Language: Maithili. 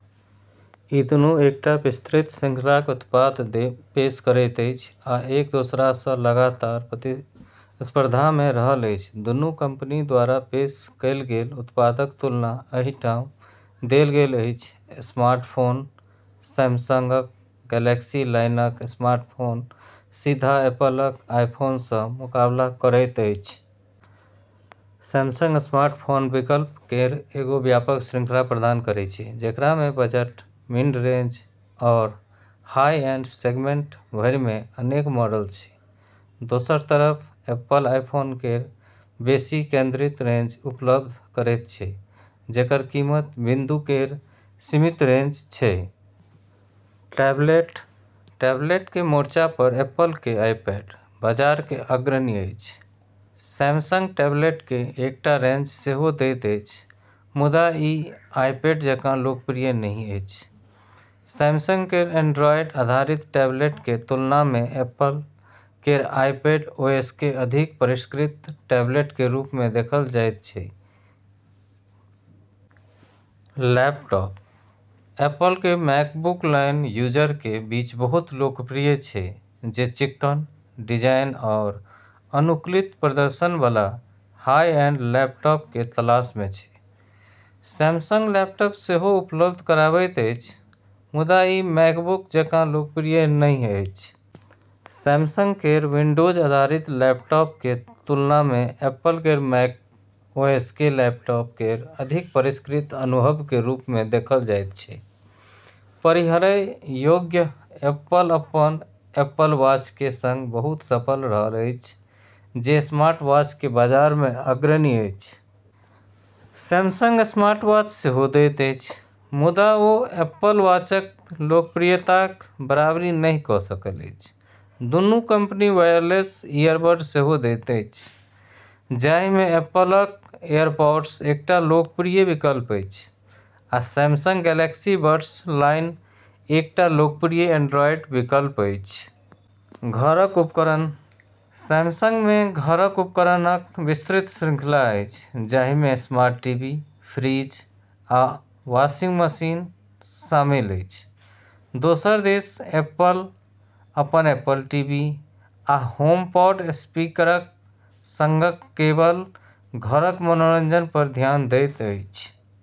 ई दुनू एकटा विस्तृत श्रृंखलाके उत्पाद पेश करैत अछि आ एक दोसरासँ लगातार प्रतिस्पर्धामे रहल अछि। दुन्नू कंपनी द्वारा पेश कएल गेल उत्पादक तुलना एहि ठाम देल गेल अछि: स्मार्टफोन: सैमसंगक गैलेक्सी लाइनक स्मार्टफोन सीधा एप्पलक आईफोनसँ मुकाबला करैत अछि। सैमसंग स्मार्टफोन विकल्प केर एगो व्यापक श्रृंखला प्रदान करै छै, जेकरामे बजट, मिड रेंज, आओर हाई-एंड सेगमेंट भरिमे अनेक मॉडल छै। दोसर तरफ एप्पल आईफोन केर बेशी केंद्रित रेंज उपलब्ध करैत छै जेकर कीमत बिंदु केर सीमित रेंज छै। टैबलेट: टैबलेटके मोर्चा पर एप्पलके आईपैड बाजारके अग्रणी अछि। सैमसंग टैबलेटक एकटा रेंज सेहो दैत अछि, मुदा ई आईपैड जेकाँ लोकप्रिय नहि अछि। सैमसंग केर एंड्रॉयड आधारित टैबलेटके तुलनामे एप्पल केर आईपैड- ओएसके अधिक परिष्कृत टैबलेटके रूपमे देखल जाइत जाइत छै। लैपटॉप: एप्पल केर मैकबुक लाइन यूजरके बीच बहुत लोकप्रिय छै जे चिक्कन डिजाइन आओर अनुकूलित प्रदर्शनबला हाई-एंड लैपटॉपके तलाशमे छै। सैमसंग लैपटॉप सेहो उपलब्ध कराबैत अछि, मुदा ई मैकबुक जेकाँ लोकप्रिय नहि अछि। सैमसंग केर विंडोज आधारित लैपटॉपके तुलनामे एप्पल केर मैक- ओएसके लैपटॉप केर अधिक परिष्कृत अनुभवके रूपमे देखल जाइत छै। पहिरय योग्य: एप्पल अपन एप्पल वॉचके सङ्ग बहुत सफल रहल अछि जे स्मार्टवॉचके बाजारमे अग्रणी अछि। सैमसंग स्मार्टवॉच सेहो दैत अछि, मुदा ओ एप्पल वॉचक लोकप्रियताक बराबरी नहि क' सकल अछि। दुन्नू कंपनी वायरलेस इयरबड सेहो दैत अछि, जाहिमे एप्पल क' एयरपॉड्स एकटा लोकप्रिय विकल्प अछि, आ सैमसंगक गैलेक्सी बड्स लाइन एकटा लोकप्रिय एंड्रॉयड विकल्प अछि। घरक उपकरण: सैमसंगमे घरक उपकरणक विस्तृत श्रृंखला अछि, जाहिमे स्मार्ट टीवी, फ्रिज, आ वाशिंग मशीन शामिल अछि। दोसर दिस एप्पल अपन एप्पल टीवी आ होमपॉड स्पीकरक सङ्ग केवल घरक मनोरंजन पर धियान दैत अछि।